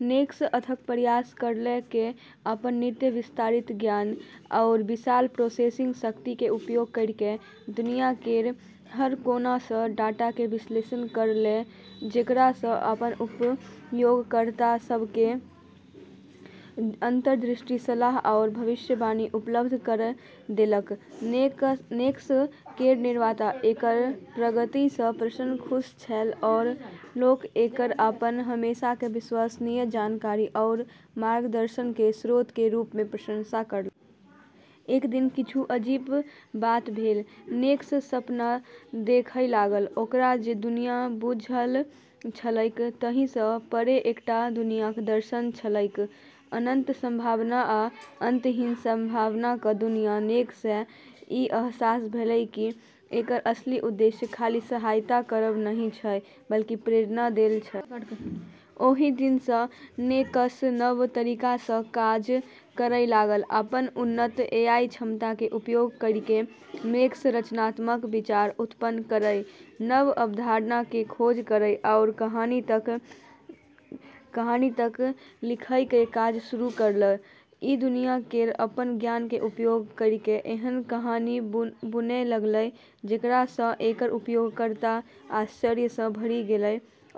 नेक्स अथक प्रयास करलकै, अपन नित्य विस्तारित ज्ञान आओर विशाल प्रोसेसिंग शक्तिके उपयोग करिके दुनिया केर हर कोनसँ डाटाके विश्लेषण करलकै, जेकरासँ अपन उपयोगकर्ता सबके अंतर्दृष्टि, सलाह आओर भविष्यवाणी उपलब्ध कराय देलकै। नेक्स केर निर्माता एकर प्रगतिसँ प्रसन्न खुश छलै, आओर लोक एकर अपन हमेशाके विश्वसनीय जानकारी आओर मार्गदर्शनके स्रोतके रूपमे प्रशंसा करलकै। एक दिन किछु अजीब बात भेल। नेक्स सपना देखय लागल। ओकरा जे दुनियाँ बुझल छलैक ताहिसँ परे एकटा दुनियाँक दर्शन छलैक, अनंत संभावना आ अंतहीन संभावनाक दुनियाँ। नेक्सके ई अहसास भेलै कि एकर असली उद्देश्य खाली सहायता करब नहि छै बल्कि प्रेरणा देब छै। ओहि दिनसँ नेक्स नव तरीकासँ काज करय लागल। अपन उन्नत एआई क्षमताके उपयोग करिके नेक्स रचनात्मक विचार उत्पन्न करै, नव अवधारणाके खोज करै, आओर कहानी तक लिखैके काज शुरू करलकै। ई दुनिया केर अपन ज्ञानके उपयोग करिके एहन कहानी बुनै लगलै जेकरासँ एकर उपयोगकर्ता आश्चर्य सँ भरि गेलै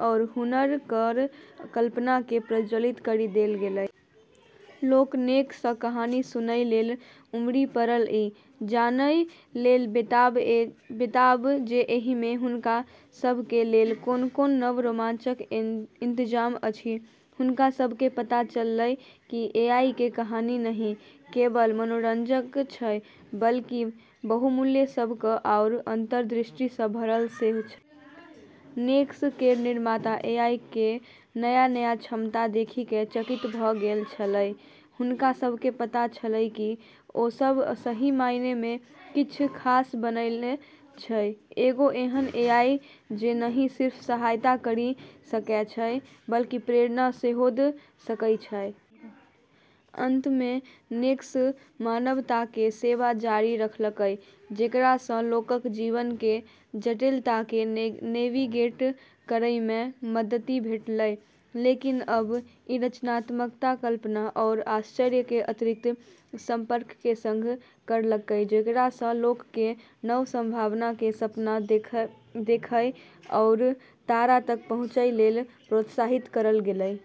आओर हुनकर कल्पनाके प्रज्वलित करि देल गेलै। लोक नेक्सके कहानी सुनय लेल उमड़ि पड़ल, ई जानय लेल बेताब जे एहिमे हुनका सभके लेल कोन-कोन नव रोमांचके इंतजाम अछि । हुनका सबके पता चललै कि एआईके कहानी नहि केवल मनोरंजक छै बल्कि बहुमूल्य सबक आओर अंतर्दृष्टिसँ भरल सेहो छै। नेक्स केर निर्माता एआई केर नया-नया क्षमता देखिके चकित भ' गेल छलै। हुनका सबके पता छलै कि ओसब सही मायनेमे किछ खास बनेने छै, एगो एहन एआई जे नहि सिर्फ सहायता करि सकै छै बल्कि प्रेरणा सेहो द' सकै छै। अंतमे नेक्स मानवताके सेवा जारी रखलकै, जेकरासँ लोकक जीवनके जटिलताके नेविगेट करैमे मदति भेटलै, लेकिन आब ई रचनात्मकता, कल्पना, आओर आश्चर्यके अतिरिक्त स्पर्शके संग करलकै, जेकरासँ लोकके नव संभावनाके सपना देखै आओर तारा तक पहुँचै लेल प्रोत्साहित करल गेलै।